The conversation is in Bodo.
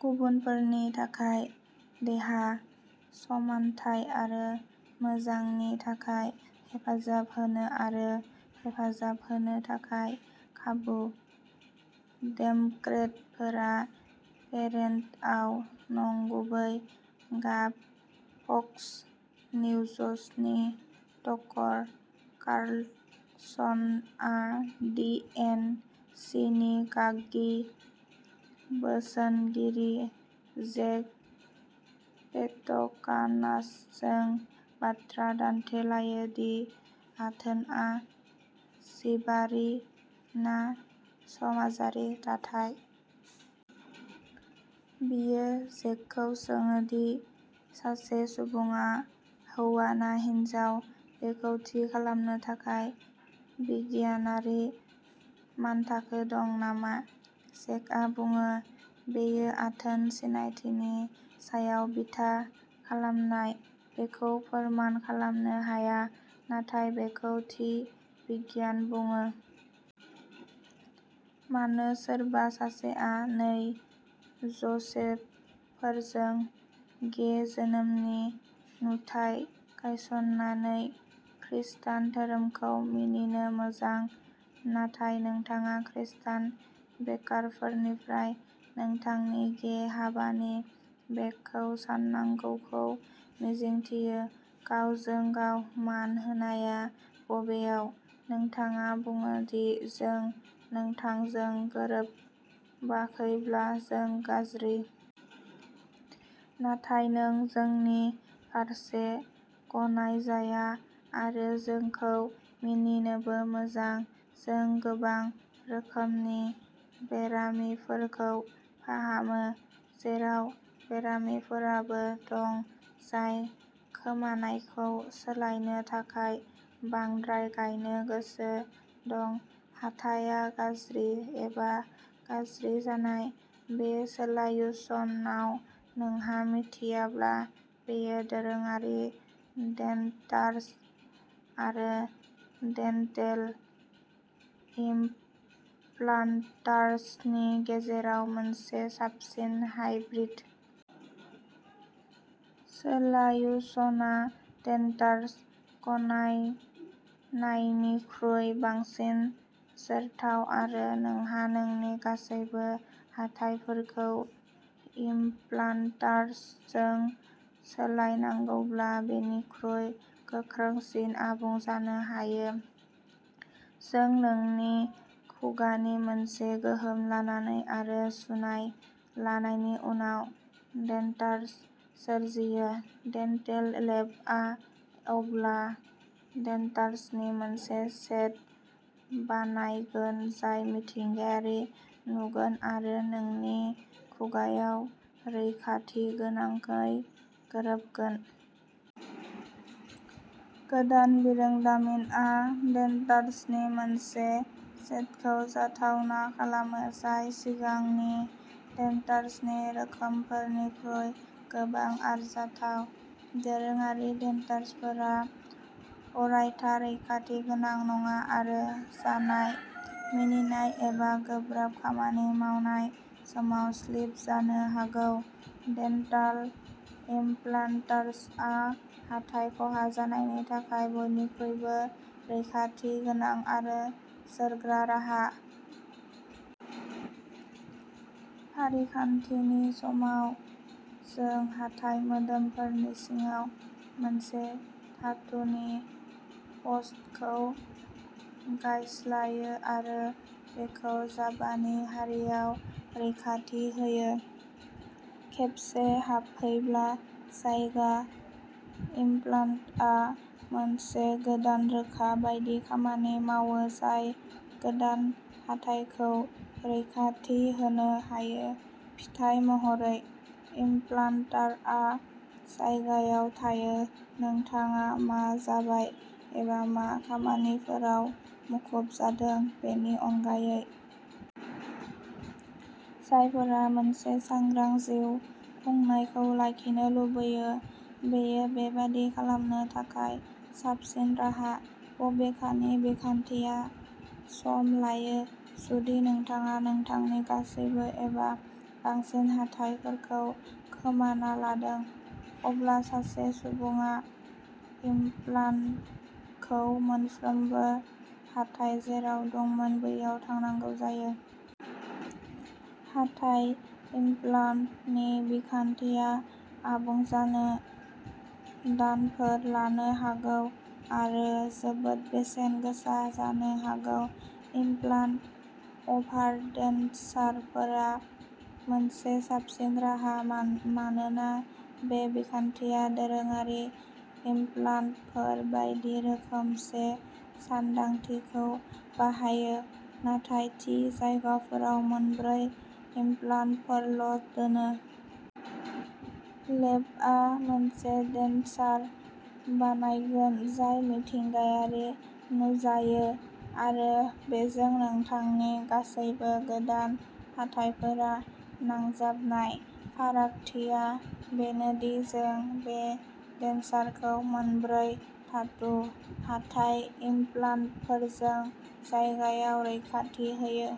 गुबुनफोरनि थाखाय देहा, समानथाय आरो मोजांनि थाखाय हेफाजाब होनो आरो हेफाजाब होनो थाखाय खाबु। डेम'क्रेटफोरा पेरेडआव नंगुबै गाब फक्स निउजनि टकर कार्लसनआ दि एन सि नि गागि बोसोनगिरि जेक पेटकानासजों बाथ्रा दान्थेलायो दि आथोनआ जिबारि ना समाजारि दाथाय। बियो जेकखौ सोङो दि सासे सुबुङा हौवा ना हिनजाव बेखौ थि खालामनो थाखाय बिगियानारि मानथाखो दं नामा। जेकआ बुङो, बेयो आथोन सिनायथिनि सायाव बिथा खालामनाय, बेखौ फोरमान खालामनो हाया, नाथाय बेखौ थि बिगियान बुङो। मानो सोरबा सासेया नै ज'सेफफोरजों गे जोनोमनि नुथाय गायस'ननानै खृस्टान धोरोमखौ मिनिनो मोजां, नाथाय नोंथाङा खृस्टान बेकारफोरनिफ्राय नोंथांनि गे हाबानि केकखौ सान्नांगौखौ मिजिंथियो गावजों-गाव मान होनाया बबेयाव? नोंथाङा बुङो दि जों नोंथांजों गोरोबाखैब्ला जों गाज्रि। नाथाय नों जोंनि फारसे गनायजाया, आरो जोंखौ मिनिनोबो मोजां। जों गोबां रोखोमनि बेरामिफोरखौ फाहामो, जेराव बेरामिफोराबो दं जाय खोमानायखौ सोलायनो थाखाय बांद्राय गायनो गोसो दं। हाथाया गाज्रि एबा गाज्रि जानाय। बे सोल्युशनाव नोंहा मिथियाब्ला, बेयो दोरोङारि डेन्टार्स आरो डेन्टेल इमप्लान्ट्सनि गेजेराव मोनसे साबसिन हाइब्रिद। सोल्युशना डेन्टार्स गान्नायनिख्रुइ बांसिन जोरथाव आरो नोंहा नोंनि गासैबो हाथाइफोरखौ इमप्लान्ट्सजों सोलायनांगौब्ला बेनिख्रुइ गोख्रैसिन आबुं जानो हायो। जों नोंनि खुगानि मोनसे गोहोम लानानै आरो सुनाय लानायनि उनाव डेन्टार्स सोरजियो। डेन्टेल लेबआ अब्ला डेन्टार्सनि मोनसे सेट बानायगोन जाय मिथिंगायारि नुगोन आरो नोंनि खुगाआव रैखाथिगोनाङै गोरोबगोन। गोदान बिरोंदामिनआ डेन्टार्सनि मोनसे सेटखौ जाथावना खालामो जाय सिगांनि डेन्टार्सनि रोखोमफोरनिख्रुइ गोबां आरजाथाव। दोरोङारि डेन्टार्सफोरा अरायथा रैखाथि गोनां नङा आरो जानाय, मिनिनाय एबा गोब्राब खामानि मावनाय समाव स्लिप जानो हागौ। डेन्टेल इमप्लान्ट्सआ हाथाइ खहा जानायनि थाखाय बयनिख्रुइबो रैखाथिगोनां आरो जोरग्रा राहा। फारिखान्थिनि समाव, जों हाथाइ मोदोमफोरनि सिङाव मोनसे धातुनि पस्टखौ गायस्लायो आरो बेखौ जाबानि हारियाव रैखाथि होयो। खेबसे हाबफैब्ला। जायगा, इमप्लान्टआ मोनसे गोदान रोदा बायदि खामानि मावो जाय गोदान हाथाइखौ रैखाथि होनो हायो। फिथाय महरै, इमप्लान्टआ जायगायाव थायो, नोंथाङा मा जाबाय एबा मा खामानिफोराव मुखुब जादों बेनि अनगायै। जायफोरा मोनसे सांग्रां जिउ खुंनायखौ लाखिनो लुबैयो, बेयो बेबादि खालामनो थाखाय साबसिन राहा। बबेखानि, बिखान्थिया सम लायो। जुदि नोंथाङा नोंथांनि गासैबो एबा बांसिन हाथाइफोरखौ खोमाना लादों, अब्ला सासे सुबुङा इमप्लान्टखौ मोनफ्रोमबो हाथाइ जेराव दंमोन बैयाव थांनांगौ जायो। हाथाइ इमप्लान्टनि बिखान्थिया आबुं जानो दानफोर लानो हागौ आरो जोबोद बेसेन गोसा जानो हागौ। इमप्लान्ट अभारडेन्चारफोरा मोनसे साबसिन राहा मानोना बे बिखान्थिया दोरोङारि इमप्लान्टफोर बायदि रोखोमसे सानदांथिखौ बाहायो, नाथाय थि जायगाफोराव मोनब्रै इमप्लान्टफोरल' दोनो। लेबआ मोनसे डेन्चार बानायगोन जाय मिथिंगायारि नुजायो आरो बेजों नोंथांनि गासैबो गोदान हाथाइफोरा नांजाबनाय। फारागथिया बेनो दि जों बे डेन्चारखौ मोनब्रै धातु, हाथाइ इमप्लान्टफोरजों जायगायाव रैखाथि होयो।